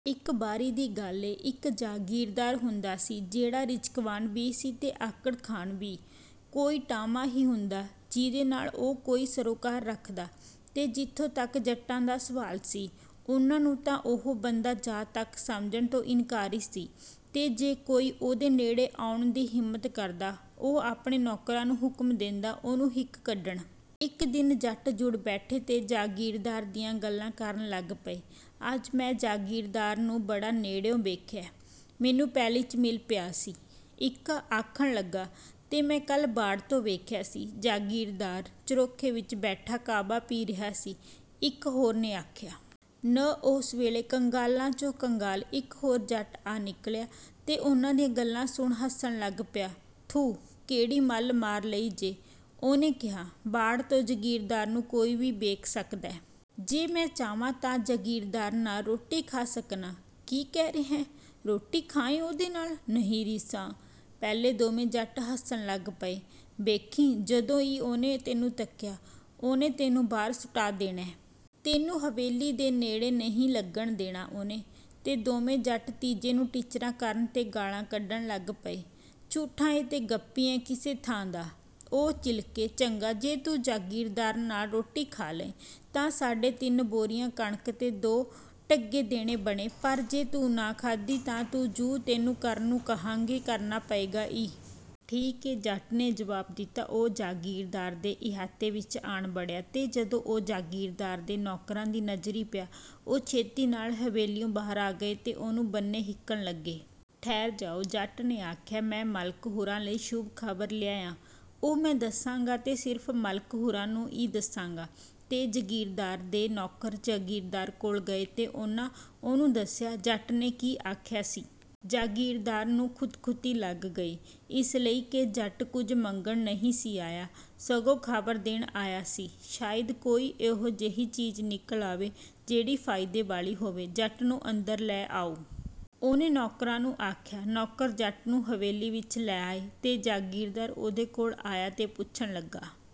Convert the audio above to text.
ਇੱਕ ਵਾਰੀ ਦੀ ਗੱਲ ਏ, ਇਕ ਜਾਗੀਰਦਾਰ ਹੁੰਦਾ ਸੀ, ਜਿਹੜਾ ਰਿਜ਼ਕਵਾਨ ਵੀ ਸੀ ਤੇ ਆਕੜਖਾਨ ਵੀ। ਕੋਈ ਟਾਵਾਂ ਹੀ ਹੁੰਦਾ, ਜਿਹਦੇ ਨਾਲ ਉਹ ਕੋਈ ਸਰੋਕਾਰ ਰੱਖਦਾ। ਤੇ ਜਿਥੋਂ ਤਕ ਜੱਟਾਂ ਦਾ ਸਵਾਲ ਸੀ, ਉਹਨਾਂ ਨੂੰ ਤਾਂ ਉਹ ਬੰਦਾ ਜ਼ਾਤ ਤਕ ਸਮਝਣ ਤੋਂ ਇਨਕਾਰੀ ਸੀ, ਤੇ ਜੇ ਕੋਈ ਉਹਦੇ ਨੇੜੇ ਆਉਣ ਦੀ ਹਿੰਮਤ ਕਰਦਾ, ਉਹ ਆਪਣੇ ਨੌਕਰਾਂ ਨੂੰ ਹੁਕਮ ਦੇਂਦਾ, ਉਹਨੂੰ ਹਿੱਕ ਕੱਢਣ। ਇੱਕ ਦਿਨ ਜੱਟ ਜੁੜ ਬੈਠੇ ਤੇ ਜਾਗੀਰਦਾਰ ਦੀਆਂ ਗੱਲਾਂ ਕਰਨ ਲੱਗ ਪਏ। “ਅੱਜ ਮੈਂ ਜਾਗੀਰਦਾਰ ਨੂੰ ਬੜਾ ਨੇੜਿਉਂ ਵੇਖਿਐ, ਮੈਨੂੰ ਪੈਲੀ ’ਚ ਮਿਲ ਪਿਆ ਸੀ,” ਇਕ ਆਖਣ ਲੱਗਾ। “ਤੇ ਮੈਂ ਕੱਲ੍ਹ ਵਾੜ ਤੋਂ ਵੇਖਿਆ ਸੀ, ਜਾਗੀਰਦਾਰ ਝਰੋਖੇ ’ਚ ਬੈਠਾ ਕਾਹਵਾ ਪੀ ਰਿਹਾ ਸੀ,” ਇੱਕ ਹੋਰ ਨੇ ਆਖਿਆ। ਨ ਓਸ ਵੇਲੇ, ਕੰਗਾਲਾਂ ’ਚੋਂ ਕੰਗਾਲ, ਇੱਕ ਹੋਰ ਜੱਟ ਆ ਨਿਕਲਿਆ, ਤੇ ਉਹਨਾਂ ਦੀਆਂ ਗੱਲਾਂ ਸੁਣ ਹੱਸਣ ਲੱਗ ਪਿਆ। “ਥੂਹ! ਕਿਹੜੀ ਮੱਲ ਮਾਰ ਲਈ ਜੇ,” ਉਹਨੇ ਕਿਹਾ। “ਵਾੜ ਤੋਂ ਜਾਗੀਰਦਾਰ ਨੂੰ ਕੋਈ ਵੀ ਵੇਖ ਸਕਦੈ। ਜੇ ਮੈਂ ਚਾਹਵਾਂ, ਤਾਂ ਜਾਗੀਰਦਾਰ ਨਾਲ ਰੋਟੀ ਖਾ ਸਕਨਾਂ।” “ਕੀ ਕਹਿ ਰਿਹੈਂ! ਰੋਟੀ ਖਾਏਂ ਉਹਦੇ ਨਾਲ? ਨਹੀਂ ਰੀਸਾਂ!” ਪਹਿਲੇ ਦੋਵੇਂ ਜੱਟ ਹੱਸਣ ਲੱਗ ਪਏ। “ਵੇਖੀਂ, ਜਦੋਂ ਈ ਉਹਨੇ ਤੈਨੂੰ ਤਕਿਆ, ਉਹਨੇ ਤੈਨੂੰ ਬਾਹਰ ਸੁਟਾ ਦੇਣੈ। ਤੈਨੂੰ ਹਵੇਲੀ ਦੇ ਨੇੜੇ ਨਹੀਂ ਲੱਗਣ ਦੇਣਾ ਉਹਨੇ!" ਤੇ ਦੋਵੇਂ ਜੱਟ ਤੀਜੇ ਨੂੰ ਟਿੱਚਰਾਂ ਕਰਨ ਤੇ ਗਾਲ੍ਹਾਂ ਕੱਢਣ ਲੱਗ ਪਏ। “ਝੂਠਾ ਏਂ ਤੇ ਗੱਪੀਂ ਏਂ ਕਿਸੇ ਥਾਂ ਦਾ!” ਉਹ ਚਿਲਕੇ।“ਚੰਗਾ, ਜੇ ਤੂੰ ਜਾਗੀਰਦਾਰ ਨਾਲ ਰੋਟੀ ਖਾ ਲਏਂ, ਤਾਂ ਸਾਡੇ ਤਿੰਨ ਬੋਰੀਆਂ ਕਣਕ ਤੇ ਦੋ ਢੱਗੇ ਦੇਣੇ ਬਣੇ, ਪਰ ਜੇ ਤੂੰ ਨਾ ਖਾਧੀ, ਤਾਂ ਜੁ ਤੈਨੂੰ ਕਰਨ ਨੂੰ ਕਹਾਂਗੇ, ਕਰਨਾ ਪਏਗਾ ਈ।” “ਠੀਕ ਏ,” ਜੱਟ ਨੇ ਜਵਾਬ ਦਿੱਤਾ। ਉਹ ਜਾਗੀਰਦਾਰ ਦੇ ਇਹਾਤੇ ਵਿਚ ਆਣ ਵੜਿਆ, ਤੇ ਜਦੋਂ ਉਹ ਜਾਗੀਰਦਾਰ ਦੇ ਨੌਕਰਾਂ ਦੀ ਨਜ਼ਰੀਂ ਪਿਆ, ਉਹ ਛੇਤੀ ਨਾਲ ਹਵੇਲੀਉਂ ਬਾਹਰ ਆ ਗਏ ਤੇ ਉਹਨੂੰ ਬੰਨੇ ਹਿੱਕਣ ਲੱਗੇ। “ਠਹਿਰ ਜਾਓ!” ਜੱਟ ਨੇ ਆਖਿਆ। “ਮੈਂ ਮਲਕ ਹੁਰਾਂ ਲਈ ਸ਼ੁਭ ਖ਼ਬਰ ਲਿਆਇਆਂ।” "ਉਹ ਮੈਂ ਦੱਸਾਂਗਾ ਤੇ ਸਿਰਫ਼ ਮਲਕ ਹੁਰਾਂ ਨੂੰ ਈ ਦੱਸਾਂਗਾ।” ਤੇ ਜਗੀਰਦਾਰ ਦੇ ਨੌਕਰ ਜਗੀਰਦਾਰ ਕੋਲ ਗਏ ਤੇ ਉਹਨਾਂ ਉਹਨੂੰ ਦੱਸਿਆ, ਜੱਟ ਨੇ ਕੀ ਆਖਿਆ ਸੀ। ਜਾਗੀਰਦਾਰ ਨੂੰ ਖੁਤਖੁਤੀ ਲੱਗ ਗਈ, ਇਸ ਲਈ ਕਿ ਜੱਟ ਕੁਝ ਮੰਗਣ ਨਹੀਂ ਸੀ ਆਇਆ, ਸਗੋਂ ਖ਼ਬਰ ਦੇਣ ਆਇਆ ਸੀ। ਸ਼ਾਇਦ ਕੋਈ ਇਹੋ ਜਿਹੀ ਚੀਜ਼ ਨਿਕਲ ਆਵੇ, ਜਿਹੜੀ ਫ਼ਾਇਦੇ ਵਾਲੀ ਹੋਵੇ, “ਜੱਟ ਨੂੰ ਅੰਦਰ ਲੈ ਆਓ!” ਉਹਨੇ ਨੌਕਰਾਂ ਨੂੰ ਆਖਿਆ। ਨੌਕਰ ਜੱਟ ਨੂੰ ਹਵੇਲੀ ਵਿੱਚ ਲੈ ਆਏ, ਤੇ ਜਾਗੀਰਦਾਰ ਉਹਦੇ ਕੋਲ ਆਇਆ ਤੇ ਪੁੱਛਣ ਲੱਗਾ